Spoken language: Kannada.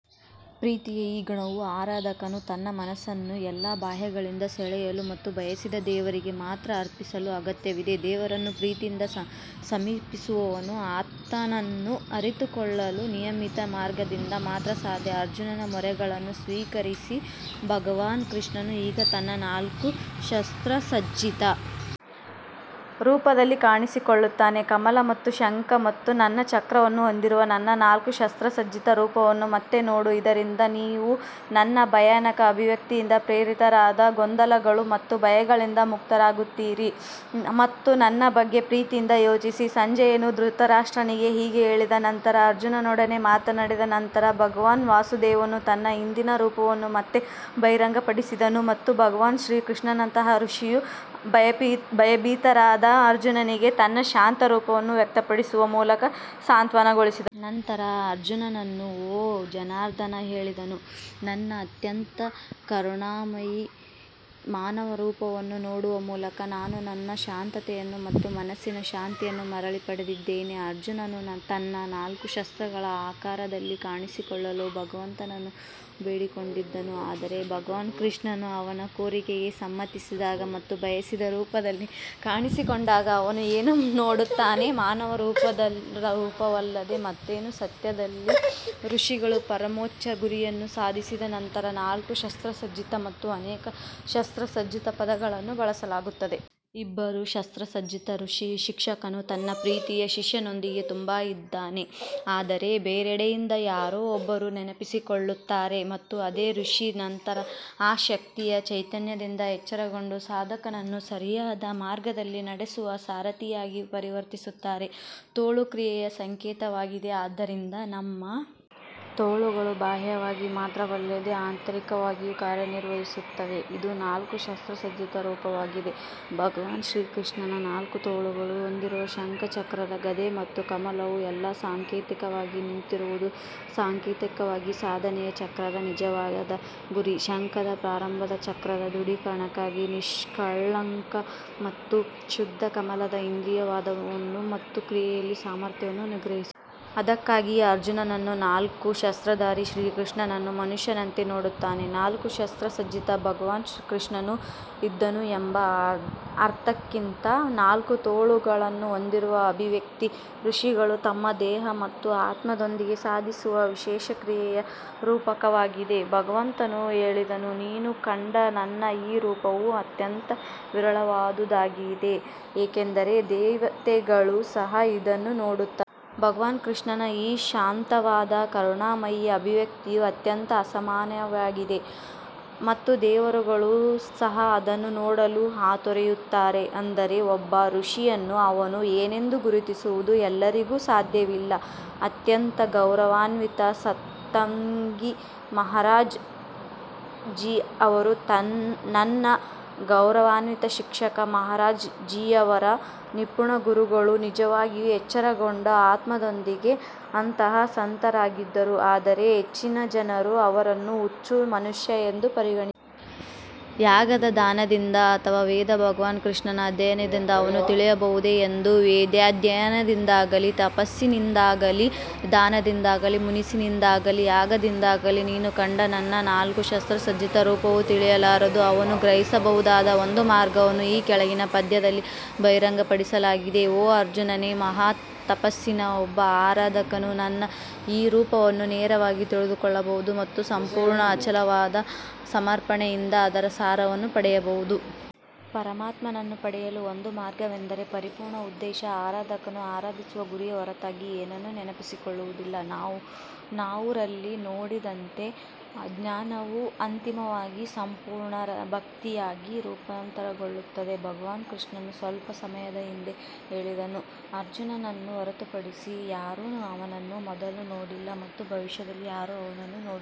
ಪ್ರೀತಿಯ ಈ ಗುಣವು ಆರಾಧಕನು ತನ್ನ ಮನಸ್ಸನ್ನು ಎಲ್ಲಾ ಬಾಹ್ಯಗಳಿಂದ ಸೆಳೆಯಲು ಮತ್ತು ಬಯಸಿದ ದೇವರಿಗೆ ಮಾತ್ರ ಅರ್ಪಿಸಲು ಅಗತ್ಯವಿದೆ ದೇವರನ್ನು ಪ್ರೀತಿಯಿಂದ ಸಮೀಪಿಸುವವನು ಆತನನ್ನು ಅರಿತುಕೊಳ್ಳಲು ನಿಯಮಿತ ಮಾರ್ಗದಿಂದ ಮಾತ್ರ ಸಾಧ್ಯ ಅರ್ಜುನನ ಮೊರೆಗಳನ್ನು ಸ್ವೀಕರಿಸಿ ಭಗವಾನ್ ಕೃಷ್ಣನು ಈಗ ತನ್ನ ನಾಲ್ಕು ಶಸ್ತ್ರಸಜ್ಜಿತ ರೂಪದಲ್ಲಿ ಕಾಣಿಸಿಕೊಳ್ಳುತ್ತಾನೆ ಕಮಲ ಮತ್ತು ಶಂಖ ಮತ್ತು ನನ್ನ ಚಕ್ರವನ್ನು ಹೊಂದಿರುವ ನನ್ನ ನಾಲ್ಕು ಶಸ್ತ್ರಸಜ್ಜಿತ ರೂಪವನ್ನು ಮತ್ತೆ ನೋಡು, ಇದರಿಂದ ನೀವು ನನ್ನ ಭಯಾನಕ ಅಭಿವ್ಯಕ್ತಿಯಿಂದ ಪ್ರೇರಿತರಾದ ಗೊಂದಲಗಳು ಮತ್ತು ಭಯಗಳಿಂದ ಮುಕ್ತರಾಗುತ್ತೀರಿ ಮತ್ತು ನನ್ನ ಬಗ್ಗೆ ಪ್ರೀತಿಯಿಂದ ಯೋಚಿಸಿ ಸಂಜಯನು ಧೃತರಾಷ್ಟ್ರನಿಗೆ ಹೀಗೆ ಹೇಳಿದ ನಂತರ ಅರ್ಜುನನೊಡನೆ ಮಾತನಾಡಿದ ನಂತರ ಭಗವಾನ್ ವಾಸುದೇವನು ತನ್ನ ಹಿಂದಿನ ರೂಪವನ್ನು ಮತ್ತೆ ಬಹಿರಂಗಪಡಿಸಿದನು ಮತ್ತು ಭಗವಾನ್ ಶ್ರೀಕೃಷ್ಣನಂತಹ ಋಷಿಯು ಭಯಭೀತರಾದ ಅರ್ಜುನನಿಗೆ ತನ್ನ ಶಾಂತ ರೂಪವನ್ನು ವ್ಯಕ್ತಪಡಿಸುವ ಮೂಲಕ ಸಾಂತ್ವನಗೊಳಿಸಿದನು. ನಂತರ ಅರ್ಜುನನು ಓ ಜನಾರ್ದನ್ ಹೇಳಿದನು, ನಿನ್ನ ಅತ್ಯಂತ ಕರುಣಾಮಯಿ ಮಾನವ ರೂಪವನ್ನು ನೋಡುವ ಮೂಲಕ ನಾನು ನನ್ನ ಶಾಂತತೆಯನ್ನು ಮತ್ತು ಮನಸ್ಸಿನ ಶಾಂತಿಯನ್ನು ಮರಳಿ ಪಡೆದಿದ್ದೇನೆ. ಅರ್ಜುನನು ತನ್ನ ನಾಲ್ಕು ಶಸ್ತ್ರಗಳ ಆಕಾರದಲ್ಲಿ ಕಾಣಿಸಿಕೊಳ್ಳಲು ಭಗವಂತನನ್ನು ಬೇಡಿಕೊಂಡಿದ್ದನು ಆದರೆ ಭಗವಾನ್ ಕೃಷ್ಣನು ಅವನ ಕೋರಿಕೆಗೆ ಸಮ್ಮತಿಸಿದಾಗ ಮತ್ತು ಬಯಸಿದ ರೂಪದಲ್ಲಿ ಕಾಣಿಸಿಕೊಂಡಾಗ ಅವನು ಏನು ನೋಡುತ್ತಾನೆ ಮಾನವ ರೂಪವಲ್ಲದೆ ಮತ್ತೇನು ಸತ್ಯದಲ್ಲಿ ಋಷಿಗಳು ಪರಮೋಚ್ಚ ಗುರಿಯನ್ನು ಸಾಧಿಸಿದ ನಂತರ ನಾಲ್ಕು ಶಸ್ತ್ರಸಜ್ಜಿತ ಮತ್ತು ಅನೇಕ ಶಸ್ತ್ರಸಜ್ಜಿತ ಪದಗಳನ್ನು ಬಳಸಲಾಗುತ್ತದೆ. ಇಬ್ಬರು ಶಸ್ತ್ರಸಜ್ಜಿತ ಋಷಿ ಶಿಕ್ಷಕನು ತನ್ನ ಪ್ರೀತಿಯ ಶಿಷ್ಯನೊಂದಿಗೆ ತುಂಬಾ ಇದ್ದಾನೆ ಆದರೆ ಬೇರೆಡೆಯಿಂದ ಯಾರೋ ಒಬ್ಬರು ನೆನಪಿಸಿಕೊಳ್ಳುತ್ತಾರೆ ಮತ್ತು ಅದೇ ಋಷಿ ನಂತರ ಆ ಶಕ್ತಿಯ ಚೈತನ್ಯದಿಂದ ಎಚ್ಚರಗೊಂಡು ಸಾಧಕನನ್ನು ಸರಿಯಾದ ಮಾರ್ಗದಲ್ಲಿ ನಡೆಸುವ ಸಾರಥಿಯಾಗಿ ಪರಿವರ್ತಿಸುತ್ತಾರೆ. ತೋಳು ಕ್ರಿಯೆಯ ಸಂಕೇತವಾಗಿದೆ ಆದ್ದರಿಂದ ನಮ್ಮ ತೋಳುಗಳು ಬಾಹ್ಯವಾಗಿ ಮಾತ್ರವಲ್ಲದೆ ಆಂತರಿಕವಾಗಿಯೂ ಕಾರ್ಯನಿರ್ವಹಿಸುತ್ತವೆ ಇದು ನಾಲ್ಕು ಶಸ್ತ್ರಸಜ್ಜಿತ ರೂಪವಾಗಿದೆ ಭಗವಾನ್ ಶ್ರೀಕೃಷ್ಣನ ನಾಲ್ಕು ತೋಳುಗಳು ಹೊತ್ತಿರುವ ಶಂಖ ಚಕ್ರದ ಗದೆ ಮತ್ತು ಕಮಲವು ಎಲ್ಲಾ ಸಾಂಕೇತಿಕವಾಗಿ ನಿಂತಿರುವುದು ಸಾಂಕೇತಿಕವಾಗಿ, ಸಾಧನೆಯ ಚಕ್ರದ ನಿಜವಾದ ಗುರಿ ಶಂಖದ ಪ್ರಾರಂಭದ ಚಕ್ರದ ದೃಢೀಕರಣಕ್ಕಾಗಿ ನಿಷ್ಕಳಂಕ ಮತ್ತು ಶುದ್ಧ ಕಮಲದ ಇಂದ್ರಿಯ ವಾದವನ್ನು ಮತ್ತು ಕ್ರಿಯೆಯಲ್ಲಿ ಸಾಮರ್ಥ್ಯವನ್ನು ನಿಗ್ರಹಿಸುತ್ತದೆ. ಅದಕ್ಕಾಗಿಯೇ ಅರ್ಜುನನು ನಾಲ್ಕು ಶಸ್ತ್ರಧಾರಿ ಶ್ರೀಕೃಷ್ಣನನ್ನು ಮನುಷ್ಯನಂತೆ ನೋಡುತ್ತಾನೆ ನಾಲ್ಕು ಶಸ್ತ್ರಸಜ್ಜಿತ ಭಗವಾನ್ ಕೃಷ್ಣನು ಇದ್ದನು ಎಂಬ ಅರ್ಥಕ್ಕಿಂತ ನಾಲ್ಕು ತೋಳುಗಳನ್ನು ಹೊಂದಿರುವ ಅಭಿವ್ಯಕ್ತಿ ಋಷಿಗಳು ತಮ್ಮ ದೇಹ ಮತ್ತು ಆತ್ಮದೊಂದಿಗೆ ಸಾಧಿಸುವ ವಿಶೇಷ ಕ್ರಿಯೆಯ ರೂಪಕವಾಗಿದೆ. ಭಗವಂತನು ಹೇಳಿದನು ನೀನು ಕಂಡ ನನ್ನ ಈ ರೂಪವು ಅತ್ಯಂತ ವಿರಳವಾದುದಾಗಿದೆ ಏಕೆಂದರೆ ದೇವತೆಗಳೂ ಸಹ ಇದನ್ನು ನೋಡುತ್ತಾರೆ. ಭಗವಾನ್ ಕೃಷ್ಣನ ಈ ಶಾಂತವಾದ ಕರುಣಾಮಯಿ ಅಭಿವ್ಯಕ್ತಿಯು ಅತ್ಯಂತ ಅಸಾಮಾನ್ಯವಾಗಿದೆ ಮತ್ತು ದೇವರುಗಳು ಸಹ ಅದನ್ನು ನೋಡಲು ಹಾತೊರೆಯುತ್ತಾರೆ ಅಂದರೆ ಒಬ್ಬ ಋಷಿಯನ್ನು ಅವನು ಏನೆಂದು ಗುರುತಿಸುವುದು ಎಲ್ಲರಿಗೂ ಸಾಧ್ಯವಿಲ್ಲ ಅತ್ಯಂತ ಗೌರವಾನ್ವಿತ ಸತ್ಸಂಗಿ ಮಹಾರಾಜ್ ಜೀ ಅವರು ನನ್ನ ಗೌರವಾನ್ವಿತ ಶಿಕ್ಷಕ ಮಹಾರಾಜ್ ಜಿಯವರ ನಿಪುಣ ಗುರುಗಳು ನಿಜವಾಗಿಯೂ ಎಚ್ಚರಗೊಂಡ ಆತ್ಮದೊಂದಿಗೆ ಅಂತಹ ಸಂತರಾಗಿದ್ದರು ಆದರೆ ಹೆಚ್ಚಿನ ಜನರು ಅವರನ್ನು ಹುಚ್ಚು ಮನುಷ್ಯ ಎಂದು ಪರಿಗಣಿಸಿದರು. ಯಾಗದ ದಾನದಿಂದ ಅಥವಾ ವೇದ ಭಗವಾನ್ ಕೃಷ್ಣನ ಅಧ್ಯಯನದಿಂದ ಅವನು ತಿಳಿಯಬಹುದೇ ಎಂದು ವೇದಾಧ್ಯಯನದಿಂದಾಗಲಿ, ತಪಸ್ಸಿನಿಂದಾಗಲಿ, ದಾನದಿಂದಾಗಲಿ, ಮುನಿಸಿನಿಂದಾಗಲಿ, ಯಾಗದಿಂದಾಗಲಿ, ನೀನು ಕಂಡ ನನ್ನ ನಾಲ್ಕು ಶಸ್ತ್ರಸಜ್ಜಿತ ರೂಪವು ತಿಳಿಯಲಾರದು. ಅವನು ಗ್ರಹಿಸಬಹುದಾದ ಒಂದು ಮಾರ್ಗವನ್ನು ಈ ಕೆಳಗಿನ ಪದ್ಯದಲ್ಲಿ ಬಹಿರಂಗಪಡಿಸಲಾಗಿದೆ ಓ ಅರ್ಜುನನೇ, ಮಹಾ ತಪಸ್ಸಿನ ಒಬ್ಬ ಆರಾಧಕನು ನನ್ನ ಈ ರೂಪವನ್ನು ನೇರವಾಗಿ ತಿಳಿದುಕೊಳ್ಳಬಹುದು ಮತ್ತು ಸಂಪೂರ್ಣ ಮತ್ತು ಅಚಲವಾದ ಸಮರ್ಪಣೆಯಿಂದ ಅದರ ಸಾರವನ್ನು ಪಡೆಯಬಹುದು. ಪರಮಾತ್ಮನನ್ನು ಪಡೆಯಲು ಒಂದು ಮಾರ್ಗವೆಂದರೆ ಪರಿಪೂರ್ಣ ಉದ್ದೇಶ, ಆರಾಧಕನು ಆರಾಧಿಸುವ ಗುರಿಯ ಹೊರತಾಗಿ ಏನನ್ನೂ ನೆನಪಿಸಿಕೊಳ್ಳುವುದಿಲ್ಲ ನಾವು ರಲ್ಲಿ ನೋಡಿದಂತೆ ಜ್ಞಾನವೂ ಅಂತಿಮವಾಗಿ ಸಂಪೂರ್ಣ ಭಕ್ತಿಯಾಗಿ ರೂಪಾಂತರಗೊಳ್ಳುತ್ತದೆ ಭಗವಾನ್ ಕೃಷ್ಣನು ಸ್ವಲ್ಪ ಸಮಯದ ಹಿಂದೆ ಹೇಳಿದನು, ಅರ್ಜುನನನ್ನು ಹೊರತುಪಡಿಸಿ ಯಾರೂ ಅವನನ್ನು ಮೊದಲು ನೋಡಿಲ್ಲ ಮತ್ತು ಭವಿಷ್ಯದಲ್ಲಿ ಯಾರೂ ಅವನನ್ನು ನೋಡುವುದಿಲ್ಲ.